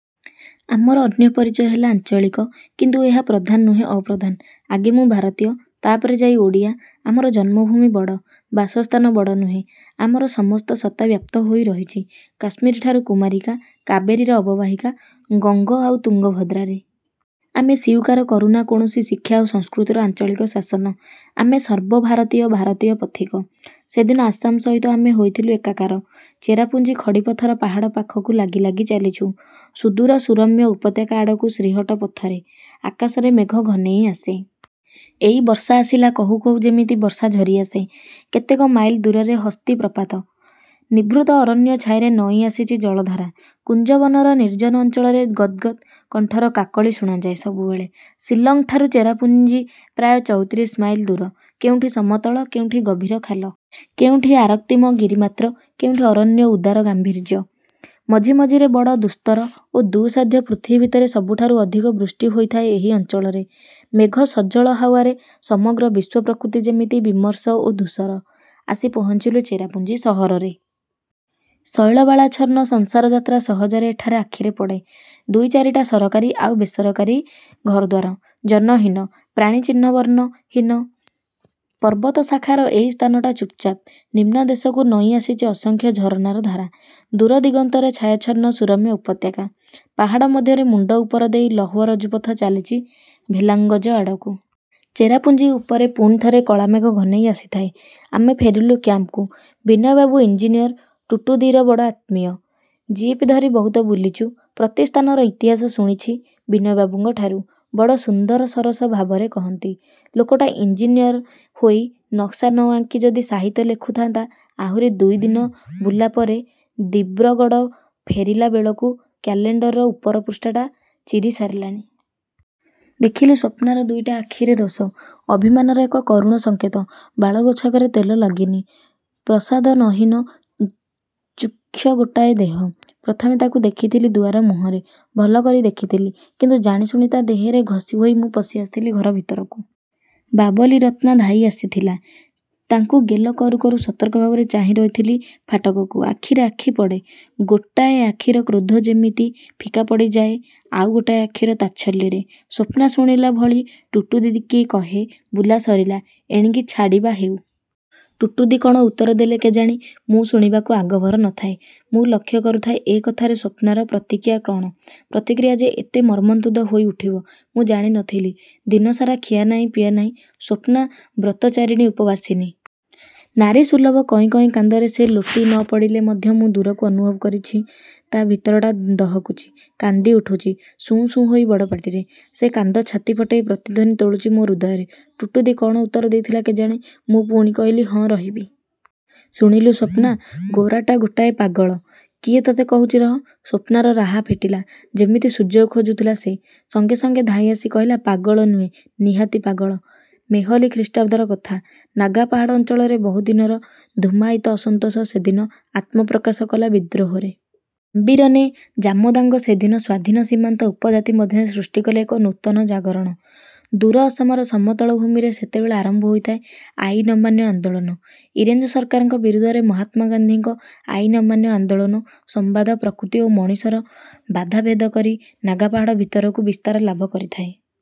ଆମର ଅନ୍ୟ ପରିଚୟ ହେଲା ଆଞ୍ଚଳିକ; କିନ୍ତୁ ଏହା ପ୍ରଧାନ ନୁହେଁ, ଅପ୍ରଧାନ। ଆଗେ ମୁଁ ଭାରତୀୟ, ତାପରେ ଯାଇ ଓଡ଼ିଆ। ଆମର ଜନ୍ମଭୂମି ବଡ଼,। ବାସସ୍ଥାନ ବଡ଼ ନୁହେଁ। ଆମର ସମସ୍ତ ସତ୍ତା ବ୍ୟାପ୍ତ ହୋଇରହିଛି କାଶ୍ମୀରଠାରୁ କୁମାରିକା, କାବେରୀର ଅବବାହିକା, ଗଙ୍ଗ ଆଉ ତୁଙ୍ଗଭଦ୍ରାରେ। ଆମେ ସ୍ୱୀକାର କରୁନା କୌଣସି ଶିକ୍ଷା ଆଉ ସଂସ୍କୃତିର ଆଞ୍ଚଳିକ ଶାସନ। ଆମେ ସର୍ବଭାରତୀୟ, ଭାରତୀୟ ପଥିକ। ସେଦିନ ଆସାମ ସହିତ ଆମେ ହୋଇଥିଲୁ ଏକାକାର-। ଚେରାପୁଞ୍ଜି। ଖଡ଼ିପଥର ପାହାଡ଼ ପାଖକୁ ଲାଗି ଲାଗି ଚାଲିଚୁ। ସୁଦୂର ସୁରମ୍ୟ ଉପତ୍ୟକା ଆଡ଼କୁ ଶ୍ରୀହଟ୍ଟ ପଥରେ। ଆକାଶରେ ମେଘ ଘନେଇ ଆସେ। ଏଇ ବର୍ଷା ଆସିଲା କହୁ କହୁ ଯେମିତି ବର୍ଷା ଝରିଆସେ। କେତେକ ମାଇଲ ଦୂରରେ ହସ୍ତୀ ପ୍ରପାତ। ନିଭୃତ ଅରଣ୍ୟଛାୟାରେ ନଇଁଆସିଛି ଜଳଧାରା। କୁଞ୍ଜବନର ନିର୍ଜନ ଅଞ୍ଚଳରେ ଗଦ୍ଗଦ୍ କଣ୍ଠର କାକଳୀ ଶୁଣାଯାଏ ସବୁବେଳେ। ଶିଲଂଠାରୁ ଚେରାପୁଞ୍ଜି ପ୍ରାୟ ଚଉତିରିଶ ମାଇଲ ଦୂର। କେଉଁଠି ସମତଳ, କେଉଁଠି ଗଭୀର ଖାଲ। କେଉଁଠି ଆରକ୍ତିମ ଗିରିମାତ୍ର, କେଉଁଠି ଅରଣ୍ୟର ଉଦାର ଗାର୍ମ୍ଭୀର୍ଯ୍ୟ। ମଝି ମଝିରେ ବଡ଼ ଦୁସ୍ତର ଓ ଦୁଃସାଧ୍ୟ ପୃଥିବୀ ଭିତରେ ସବୁଠାରୁ ଅଧିକ ବୃଷ୍ଟି ହୋଇଥାଏ ଏହି ଅଞ୍ଚଳରେ। ମେଘ-ସଜଳ ହାଓ୍ୱାରେ ସମଗ୍ର ବିଶ୍ୱ ପ୍ରକୃତି ଯେମିତି ବିମର୍ଷ ଓ ଧୂସର। ଆସି ପହଞ୍ଚିଲୁ ଚେରାପୁଞ୍ଜି ସହରରେ। ଶୈଳବାଳାଚ୍ଛନ୍ନ ସଂସାର-ଯାତ୍ରା ସହଜରେ ଏଠାରେ ଆଖିରେ ପଡ଼େ। ଦୁଇ ଚାରିଟା ସରକାରୀ ଆଉ ବେସରକାରୀ ଘରଦ୍ୱାର। ଜନହୀନ। ପ୍ରାଣୀଚିହ୍ନବର୍ଣ୍ଣ ହୀନ। ପର୍ବତ ଶାଖାର ଏହି ସ୍ଥାନଟା ଚୁପଚାପ। ନିମ୍ନଦେଶକୁ ନଇଁଆସିଚି ଅସଂଖ୍ୟ ଝରଣାର ଧାରା। ଦୂର ଦିଗନ୍ତରେ ଛାୟାଚ୍ଛନ୍ନ ସୁରମ୍ୟ ଉପତ୍ୟକା। ପାହାଡ଼ ମଧ୍ୟରେ ମୁଣ୍ଡ ଉପର ଦେଇ ଲୌହରଜ୍ଜୁପଥ ଚାଲିଚି ଭେଲାଙ୍ଗଜ ଆଡ଼କୁ। ଚେରାପୁଞ୍ଜି ଉପରେ ପୁଣି ଥରେ କଳାମେଘ ଘନେଇ ଆସିଥାଏ। ଆମେ ଫେରିଲୁ କ୍ୟାମ୍ପକୁ। ବିନୟବାବୁ ଇଞ୍ଜିନିୟର, ଟୁଟୁଦିର ବଡ଼ ଆତ୍ମୀୟ। ଜିପ ଧରି ବହୁତ ବୁଲିଚୁ। ପ୍ରତି ସ୍ଥାନର ଇତିହାସ ଶୁଣିଛି ବିନୟବାବୁଙ୍କଠାରୁ–ବଡ଼ ସୁନ୍ଦର ସରସ ଭାବରେ କହନ୍ତି। ଲୋକଟା ଇଞ୍ଜିନିୟର ହୋଇ, ନକ୍ସା ନ ଆଙ୍କି ଯଦି ସାହିତ୍ୟ ଲେଖୁଥାଆନ୍ତା ଆହୁରି ଦୁଇ ଦିନ ବୁଲା ପରେ ଦିବ୍ରୁଗଡ଼ ଫେରିଲା ବେଳକୁ କାଲେଣ୍ଡରର ଉପର ପୃଷ୍ଠାଟା ଚିରା ସରିଲାଣି। ଦେଖିଲି ସ୍ୱପ୍ନାର ଦୁଇଟା ଆଖିରେ ରୋଷ, ଅଭିମାନର ଏକ କରୁଣ ସଙ୍କେତ! ବାଳ ଗୋଛାକରେ ତେଲ ଲାଗିନି। ପ୍ରସାଧନହୀନ ଚୁକ୍ଷ ଗୋଟାଏ ଦେହ। ପ୍ରଥମେ ତାକୁ ଦେଖିଥିଲି ଦୁଆର ମୁହଁରେ। ଭଲ କରି ଦେଖିଥିଲି; କିନ୍ତୁ ଜାଣି ଶୁଣି ତା ଦେହରେ ଘଷି ହୋଇ ମୁଁ ପଶି ଆସିଥିଲି ଘର ଭିତରକୁ। ବାବଲି, ରତ୍ନା ଧାଇ ଆସିଥିଲା। ତାଙ୍କୁ ଗେଲ କରୁ କରୁ ସତର୍କ ଭାବରେ ଚାହିଁ ରହିଥିଲି ଫାଟକକୁ। ଆଖିରେ ଆଖି ପଡ଼େ। ଗୋଟାଏ ଆଖିର କ୍ରୋଧ ଯିମିତି ଫିକା ପଡ଼ିଯାଏ ଆଉ ଗୋଟାଏ ଆଖିର ତାଚ୍ଛଲ୍ୟରେ। ସ୍ୱପ୍ନା ଶୁଣିଲା ଭଳି ଟୁଟୁଦିକି କହେ–ବୁଲା ସରିଲା, ଏଣିକି ଛାଡ଼ିବା ହେଉ। ଟୁଟୁଦି କ'ଣ ଉତ୍ତର ଦେଲେ କେଜାଣି, ମୁଁ ଶୁଣିବାକୁ ଆଗଭର ନଥାଏ। ମୁଁ ଲକ୍ଷ୍ୟ କରୁଥାଏ ଏ କଥାରେ ସ୍ୱପ୍ନାର ପ୍ରତିକ୍ରିୟା କ'ଣ? ପ୍ରତିକ୍ରିୟା ଯେ ଏତେ ମର୍ମନ୍ତୁଦ ହୋଇଉଠିବ, ମୁଁ ଜାଣି ନ ଥିଲି। ଦିନସାରା ଖିଆ ନାହିଁ, ପିଆ ନାହିଁ; ସ୍ୱପ୍ନା ବ୍ରତଚାରିଣୀ, ଉପବାସିନୀ। ନାରୀସୁଲଭ କଇଁ କଇଁ କାନ୍ଦରେ ସେ ଲୋଟି ନ ପଡ଼ିଲେ ମଧ୍ୟ ମୁଁ ଦୂରରୁ ଅନୁଭବ କରିଛି, ତା ଭିତରଟା ଦହକୁଚି, କାନ୍ଦି ଉଠୁଚି–ସୁଁ ସୁଁ ହୋଇ ବଡ଼ପାଟିରେ। ସେ କାନ୍ଦ ଛାତି ଫଟେଇ ପ୍ରତିଧ୍ୱନି ତୋଳୁଚି ମୋ ହୃଦୟରେ। ଟୁଟୁଦି କ'ଣ ଉତ୍ତର ଦେଇଥିଲା କେଜାଣି, ମୁଁ ପୁଣି କହିଲି–ହଁ ରହିବି। –ଶୁଣିଲୁ ସ୍ୱପ୍ନା! ଗୋରାଟା ଗୋଟାଏ ପାଗଳ। କିଏ ତତେ କହୁଚି ରହ? ସ୍ୱପ୍ନାର ରାହା ଫିଟିଲା, ଯିମିତି ସୁଯୋଗ ଖୋଜୁଥିଲା ସେ। ସଙ୍ଗେ ସଙ୍ଗେ ଧାଇଆସି କହିଲା–ପାଗଳ ନୁହେଁ, ନିହାତି ପାଗଳ। ମେହଲୀ ଖ୍ରୀଷ୍ଟାବ୍ଦର କଥା। ନାଗା ପାହାଡ଼ ଅଞ୍ଚଳରେ ବହୁଦିନର ଧୂମାୟିତ ଅସନ୍ତୋଷ ସେଦିନ ଆତ୍ମପ୍ରକାଶ କଲା ବିଦ୍ରୋହରେ। କାମ୍ବିରନେ ଜାମୋଦାଙ୍ଗ ସେଦିନ ସ୍ୱାଧୀନ ସୀମାନ୍ତ ଉପଜାତି ମଧ୍ୟରେ ସୃଷ୍ଟି କଲେ ଏକ ନୂତନ ଜାଗରଣ। ଦୂର ଆସାମର ସମତଳ ଭୂମିରେ ସେତେବେଳେ ଆରମ୍ଭ ହୋଇଥାଏ ଆଇନଅମାନ୍ୟ ଆନ୍ଦୋଳନ। ଇଂରେଜ ସରକାରଙ୍କ ବିରୁଦ୍ଧରେ ମହାତ୍ମାଗାନ୍ଧୀଙ୍କ ଆଇନଅମାନ୍ୟ ଆନ୍ଦୋଳନ ସମ୍ବାଦ ପ୍ରକୃତି ଓ ମଣିଷର ବାଧା ଭେଦକରି ନାଗାପାହାଡ଼ ଭିତରକୁ ବିସ୍ତାର ଲାଭ କରିଥାଏ।